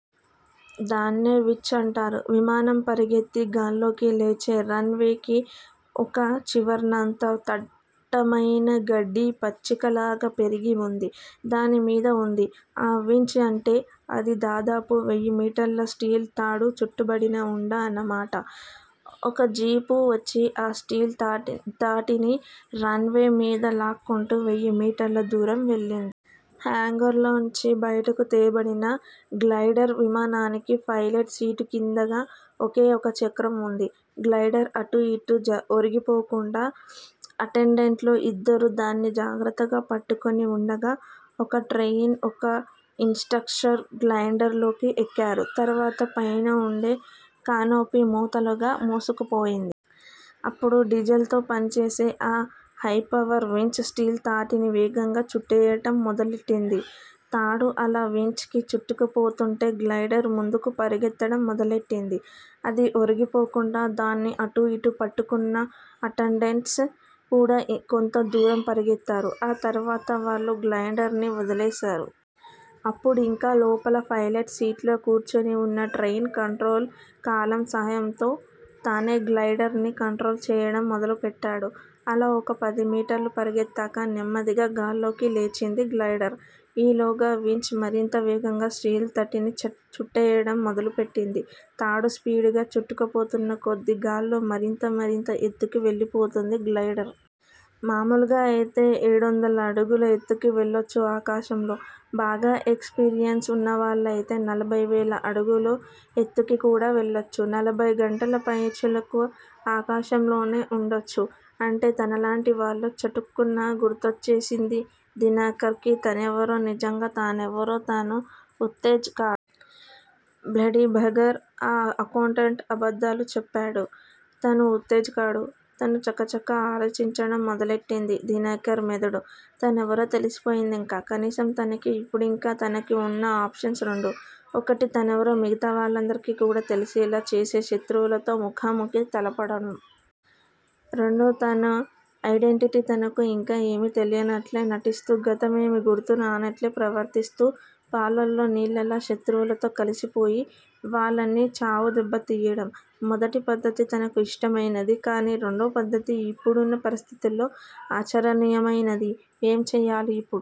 దాన్నే వించ్ అంటారు. విమానం పరిగెత్తి గాల్లోకి లేచే రన్ వేకి ఒక చివర్న అంతా దట్టమయిన గడ్డి పచ్చిక లాగా పెరిగి వుంది. దానిమీద వుంది ఆ వించ్. అంటే అది దాదాపు వెయ్యి మీటర్ల స్టీలు తాడు చుట్టబడిన ఉండ అన్నమాట. ఒక జీపు వచ్చి ఆ స్టీలు తాటిని రన్ వే మీద లాక్కుంటూ వెయ్యిమీటర్ల దూరం వెళ్ళింది. హాంగార్ లో నుంచి బయటికి తేబడిన గ్లయిడర్ విమానానికి ఫైలట్ సీటు కిందగా ఒకే ఒక చక్రం వుంది. గ్లయిడర్ అటూ ఇటూ ఒరిగిపోకుండా అటెండెంట్లు ఇద్దరు దాన్ని జాగ్రత్తగా పట్టుకుని వుండగా, ఒక ట్రెయినీ, ఒక ఇన్ స్ట్రక్టరూ గ్లయిడర్ లోకి ఎక్కారు. తర్వాత పైన ఉండే కానోపీ మూతలాగా మూసుకుపోయింది. అప్పుడు, డీజెల్ తో పనిచేసే ఆ హైపవర్ వించ్ స్టీలు తాటిని వేగంగా చుట్టెయ్యడం మొదలెట్టింది. తాడు అలా వించ్ కి చుట్టుకుపోతుంటే గ్లయిడర్ ముందుకు పరిగెత్తడం మొదలెట్టింది. అది ఒరిగిపోకుండా దాన్ని అటూ ఇటూ పట్టుకున్న అటెండెంట్స్ కూడా కొంత దూరం పరిగెత్తారు. ఆ తర్వాత వాళ్ళు గ్లయిడర్ ని వదిలేశారు. అప్పుడింక లోపల ఫైలట్ సీట్లో కూర్చుని వున్న ట్రెయినీ, కంట్రోల్ కాలమ్ సాహాయంతో తనే గ్లయిడర్ ని కంట్రోల్ చెయ్యడం మొదలెట్టాడు. అలా ఒక పదిమీటర్లు పరిగెత్తాక, నెమ్మదిగా గాల్లోకి లేచింది గ్లయిడర్. ఈలోగా- వించ్ మరింత వేగంగా స్టీలు తటిని చుట్టెయ్యడం మొదలెట్టింది. తాడు స్పీడుగా చుట్టుకుపోతున్న కొద్దీ గాల్లో మరింత మరింత ఎత్తుకి వెళ్ళిపోతోంది గ్లయిడర్. మామూలుగా అయితే ఏడొందల అడుగుల ఎత్తుకి వెళ్ళొచ్చు ఆకాశంలో. బాగా ఎక్స్ పీరియన్స్ ఉన్న వాళ్ళయితే నలభైవేల అడుగుల ఎత్తుకి కూడా వెళ్ళొచ్చు. నలభై గంటల పైచిలుకు ఆకాశంలోనే ఉండొచ్చు. అంటే తనలాంటి వాళ్ళు. చటుక్కున గుర్తొచ్చేసింది దినకర్ కి తనెవరో నిజంగా తనెవరో! తను ఉత్తేజ్ కాడు! Bloody bugger! ఆ అకౌంటెంట్ అబద్దాలు చెప్పాడు! తను ఉత్తేజ్ కాడు! తను చకచక ఆలోచించడం మొదలెట్టింది దినకర్ మెదడు. తనెవరో తెలిసిపోయింది ఇంక! కనీసం తనకి! ఇప్పుడింక తనకి వున్న ఆప్షన్స్ రెండు! ఒకటి తనెవరో మిగతా వాళ్ళందరికీ కూడా తెలిసేలా చేసి శత్రువులతో ముఖాముఖీ తలపడడం. రెండు. తన ఐడెంటిటీ తనకు ఇంకా ఏమీ తెలియనట్లే నటిస్తూ, గతం ఏమీ గుర్తు రానట్లే ప్రవర్తిస్తూ, పాలల్లో నీళ్ళలా శత్రువులతో కలిసిపోయి, వాళ్ళని చావు దెబ్బ తియ్యడం. మొదటి పద్దతి తనకు ఇష్టమయినది. కానీ రెండోపద్దతి ఇప్పుడున్న పరిస్థితుల్లో ఆచరణీయమయినది. ఏం చెయ్యాలి ఇప్పుడు?